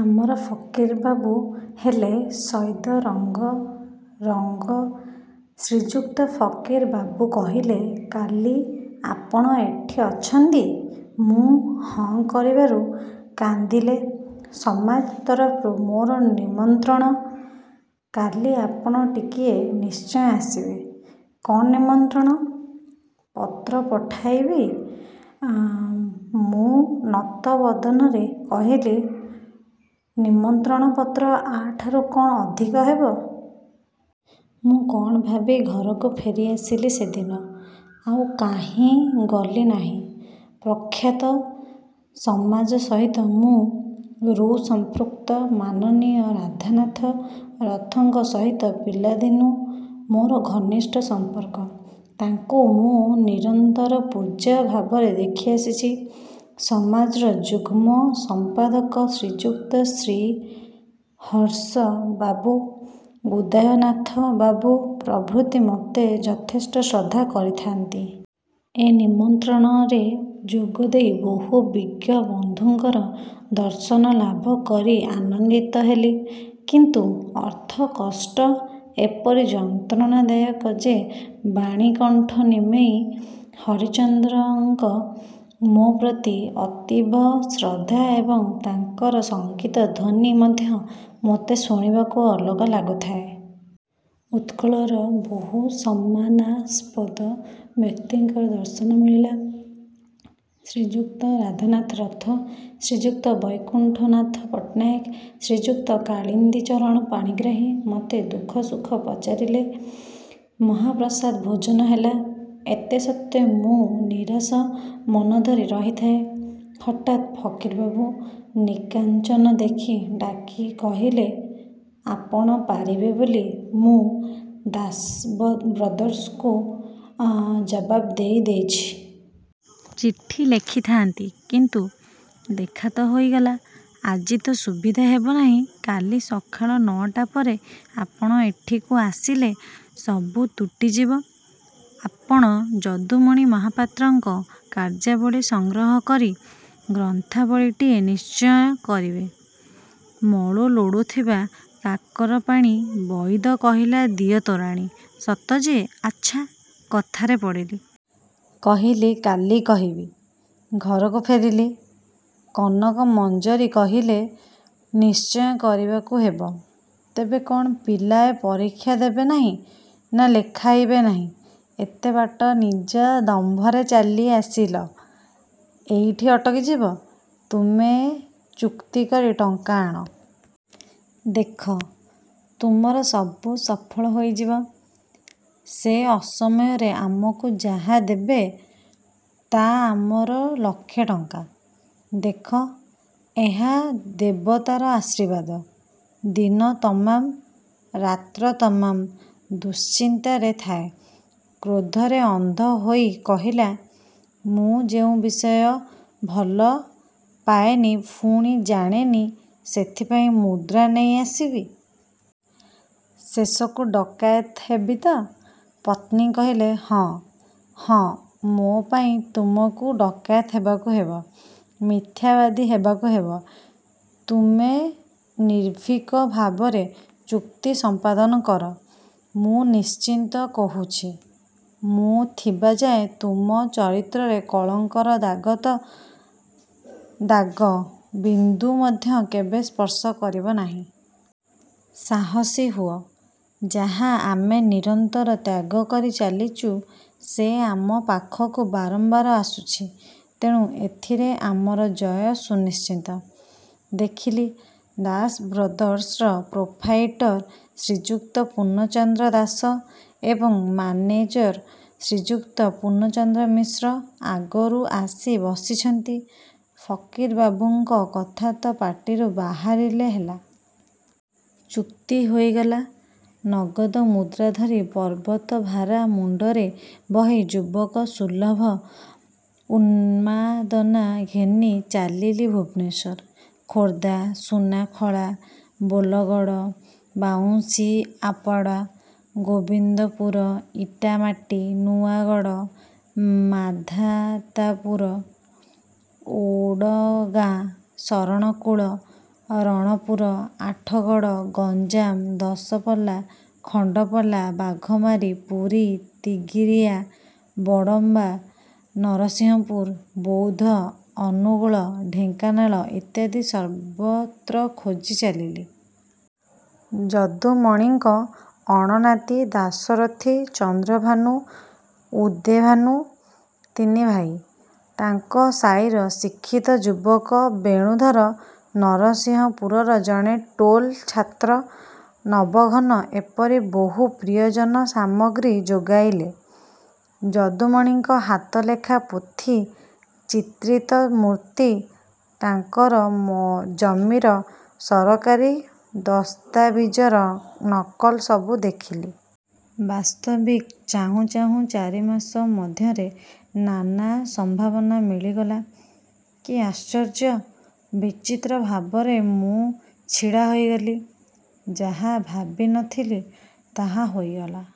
ଆମର ଫକୀର ବାବୁ ହେଲେ-'ସଦୈ ରଙ୍ଗ ରଙ୍ଗ। ' ଶ୍ରୀଯୁକ୍ତ ଫକୀର ବାବୁ କହିଲେ-'କାଲି ଆପଣ ଏଠି ଅଛନ୍ତି? ' ମୁଁ ହଁ କରିବାରୁ କାନ୍ଦିଲେ-''ସମାଜ ତରଫରୁ ମୋର ନିମନ୍ତ୍ରଣ, କାଲି ଆପଣ ଟିକିଏ ନିଶ୍ଚୟ ଆସିବେ। କଣ ନିମନ୍ତ୍ରଣ ପତ୍ର ପଠାଇବି? " ମୁଁ ନତ ବଦନରେ କହିଲି-'ନିମନ୍ତ୍ରଣ ପତ୍ର ଏହାଠୁ କଣ ଅଧିକ ହେବ? ' ମୁଁ କଣ ଭାବି ଘରକୁ ଫେରିଆସିଲି ସେଦିନ। ଆଉ କାହିଁ ଗଲି ନାହିଁ। ପ୍ରଖ୍ୟାତ 'ସମାଜ' ସହିତ ମୁଁ। ରୁ ସଂପୃକ୍ତ। ମାନନୀୟ ରାଧାନାଥ ରଥଙ୍କ ସହିତ ପିଲାଦିନୁଁ ମୋର ଘନିଷ୍ଠ ସଂପର୍କ। ତାଙ୍କୁ ମୁଁ ନିରନ୍ତର ପୂଜ୍ୟ ଭାବରେ ଦେଖିଆସିଛି। 'ସମାଜ'ର ଯୁଗ୍ମ ସମ୍ପାଦକ ଶ୍ରୀଯୁକ୍ତ ଶ୍ରୀହର୍ଷ ବାବୁ, ଉଦୟନାଥ ବାବୁ ପ୍ରଭୃତି ମତେ ଯଥେଷ୍ଟ ଶ୍ରଦ୍ଧା କରିଥାନ୍ତି। ଏ ନିମନ୍ତ୍ରଣରେ ଯୋଗ ଦେଇ ବହୁ ବିଜ୍ଞ ବନ୍ଧୁଙ୍କର ଦର୍ଶନ ଲାଭ କରି ଆନନ୍ଦିତ ହେଲି। କିନ୍ତୁ ଅର୍ଥ କଷ୍ଟ ଏପରି ଯନ୍ତ୍ରଣାଦାୟକ ଯେ ବାଣୀକଣ୍ଠ ନିମେଇ ହରିଚନ୍ଦନଙ୍କ ମୋ ପ୍ରତି ଅତୀବ ଶ୍ରଦ୍ଧା ଏବଂ ତାଙ୍କର ସଙ୍ଗୀତ ଧ୍ୱନି ମଧ୍ୟ ମୋତେ ଶୁଣିବାକୁ ଅଲଣା ଲାଗୁଥାଏ। ଉତ୍କଳର ବହୁ ସମ୍ମାନାସ୍ପଦ ବ୍ୟକ୍ତିଙ୍କର ଦର୍ଶନ ମିଳିଲା। ଶ୍ରୀଯୁକ୍ତ ରାଧାନାଥ ରଥ, ଶ୍ରୀଯୁକ୍ତ ବୈକୁଣ୍ଠନାଥ ପଟ୍ଟନାୟକ, ଶ୍ରୀଯୁକ୍ତ କାଳିନ୍ଦୀଚରଣ ପାଣିଗ୍ରାହୀ ମତେ ଦୁଃଖ ସୁଖ ପଚାରିଲେ। ମହାପ୍ରସାଦ ଭୋଜନ ହେଲା। ଏତେ ସତ୍ତ୍ୱେ ମୁଁ ନିରାଶ ମନଧରି ରହିଥାଏ। ହଠାତ୍ ଫକୀରବାବୁ ନିକାଞ୍ଚନ ଦେଖି ଡାକି କହିଲେ-''ଆପଣ ପାରିବେ ବୋଲି ମୁଁ ''ଦାସ ବ୍ରଦର୍ସ"ଙ୍କୁ ଜବାବ୍ ଦେଇ ଦେଇଛି। ଚିଠି ଲେଖିଥାନ୍ତି, କିନ୍ତୁ ଦେଖା ତ ହୋଇଗଲା ଆଜି ତ ସୁବିଧା ହେବନାହିଁ। କାଲି ସକାଳ ନଅଟା ପରେ ଆପଣ ଏଠିକୁ ଆସିଲେ ସବୁ ତୁଟିଯିବ। ଆପଣ ଯଦୁମଣି ମହାପାତ୍ରଙ୍କ କାର୍ଯ୍ୟାବଳୀ ସଂଗ୍ରହ କରି ଗ୍ରନ୍ଥାବଳୀଟିଏ ନିଶ୍ଚୟ କରିବେ। " ମଳୁ ଲୋଡ଼ୁଥିଲା କାକର ପାଣି ବଇଦ କହିଲା ଦିଅ ତୋରାଣି- ସତ ଯେ, ଆଚ୍ଛା କଥାରେ ପଡ଼ିଲି। କହିଲି-'କାଲି କହିବି। ' ଘରକୁ ଫେରିଲି। କନକ ମଞ୍ଜରୀ କହିଲେ-'ନିଶ୍ଚୟ କରିବାକୁ ହେବ। ତେବେ କଣ ପିଲାଏ ପରିକ୍ଷା ଦେବେ ନାହିଁ, ନାଁ ଲେଖାଇବେ ନାହିଁ? ଏତେ ବାଟ ନିଜ ଦମ୍ଭରେ ଚାଲି ଆସିଲ। ଏଇଠି ଅଟକି ଯିବ? ତୁମେ ଚୁକ୍ତି କରି ଟଙ୍କା ଆଣ। ଦେଖ, ତୁମର ସବୁ ସଫଳ ହୋଇଯିବ। ସେ ଅସମୟରେ ଆମକୁ ଯାହା ଦେବେ, ତା ଆମର ଲକ୍ଷେ ଟଙ୍କା। ଦେଖ, ଏହା ଦେବତାର ଆଶୀର୍ବାଦ। ' ଦିନ ତମାମ, ରାତ୍ର ତମାମ ଦୁଶ୍ଚିନ୍ତାରେ ଥାଏ। କ୍ରୋଧରେ ଅନ୍ଧ ହୋଇ କହିଲା-ମୁଁ ଯେଉଁ ବିଷୟ ଭଲ ପାଏନି ପୁଣି ଜାଣେନି, ସେଥିପାଇଁ ମୁଦ୍ରା ନେଇ ଆସିବି? ଶେଷକୁ ଡକାଏତ ହେବି ତ? ପତ୍ନୀ କହିଲେ-ହଁ, ହଁ, ମୋ ପାଇଁ ତୁମକୁ ଡକାଏତ ହେବାକୁ ହେବ। ମିଥ୍ୟାବାଦୀ ହେବାକୁ ହେବ। ତୁମେ ନିର୍ଭୀକ ଭାବରେ ଚୁକ୍ତି ସଂପାଦନ କର। ମୁଁ ନିଶ୍ଚିତ କହୁଛି, ମୁଁ ଥିବା ଯାଏ ତୁମ ଚରିତ୍ରରେ କଳଙ୍କର ଦାଗ ତ ଦାଗ ବିନ୍ଦୁ ମଧ୍ୟ କେବେ ସ୍ପର୍ଶ କରିବ ନାହିଁ। ସାହସୀ ହୁଅ। ଯାହା ଆମେ ନିରନ୍ତର ତ୍ୟାଗ କରି ଚାଲିଚୁଁ, ସେ ଆମ ପାଖକୁ ବାରମ୍ବାର ଆସୁଛି। ତେଣୁ ଏଥିରେ ଆମର ଜୟ ସୁନିଶ୍ଚିତ। ଦେଖିଲି-'ଦାସ ବ୍ରଦର୍ସ'ର ପ୍ରୋପ୍ରାଇଟର ଶ୍ରୀଯୁକ୍ତ ପୂର୍ଣ୍ଣଚନ୍ଦ୍ର ଦାସ ଏବଂ ମାନେଜର ଶ୍ରୀଯୁକ୍ତ ପୂର୍ଣ୍ଣଚନ୍ଦ୍ର ମିଶ୍ର ଆଗରୁ ଆସି ବସିଛନ୍ତି। ଫକୀର ବାବୁଙ୍କ କଥା ତ ପାଟିରୁ ବାହାରିଲେ ହେଲା। ଚୁକ୍ତି ହୋଇଗଲା।। ନଗଦ ମୁଦ୍ରା ଧରି ପର୍ବତଭାରା ମୁଣ୍ଡରେ ବହି ଯୁବକସୁଲଭ ଉନ୍ମାଦନା ଘେନି ଚାଲିଲି ଭୁବନେଶ୍ୱର, ଖୋର୍ଦ୍ଧା, ସୁନାଖଳା, ବୋଲଗଡ଼, ବାଉଁଶିଆପଡ଼ା, ଗୋବିନ୍ଦପୁର, ଇଟାମାଟି, ନୂଆଗଡ଼, ମାନ୍ଧାତାପୁର, ଓଡ଼ଗାଁ, ଶରଣକୁଳ, ରଣପୁର, ଆଠଗଡ଼, ଗଞ୍ଜାମ ଦଶପଲ୍ଲା, ଖଣ୍ଡପଡ଼ା, ବାଘମାରୀ, ପୁରୀ, ତିଗିରିଆ, ବଡ଼ମ୍ବା, ନରସିଂହପୁର, ବୌଦ, ଅନୁଗୁଳ, ଢେଙ୍କାନାଳ ଇତ୍ୟାଦି ସର୍ବତ୍ର ଖୋଜି ଚାଲିଲି। ଯଦୁମଣିଙ୍କ ଅଣନାତି ଦାଶରଥି, ଚନ୍ଦ୍ରଭାନୁ, ଉଦେଭାନୁ ତିନି ଭାଇ, ତାଙ୍କ ସାଇର ଶିକ୍ଷିତ ଯୁବକ ବେଣୁଧର, ନରସିଂହପୁରର ଜଣେ ଟୋଲ ଛାତ୍ର ନବଘନ ଏପରି ବହୁ ପ୍ରିୟଜନ ସାମଗ୍ରୀ ଯୋଗାଇଲେ। ଯଦୁମଣିଙ୍କ ହାତଲେଖା ପୋଥି, ଚିତ୍ରିତ ମୂର୍ତ୍ତି, ତାଙ୍କର ଜମିର ସରକାରୀ ଦସ୍ତାବିଜର ନକଲ ସବୁ ଦେଖିଲି। ବାସ୍ତବିକ୍ ଚାହୁଁ ଚାହୁଁ ଚାରି ମାସ ମଧ୍ୟରେ ନାନା ସମ୍ଭାର ମିଳିଗଲା। କି ଆଶ୍ଚର୍ଯ୍ୟ! ବିଚିତ୍ର ଭାବରେ ମୁଁ ଛିଡ଼ା ହୋଇଗଲି। ଯାହା ଭାବି ନ ଥିଲି, ତାହା ହୋଇ ଚାଲିଲା।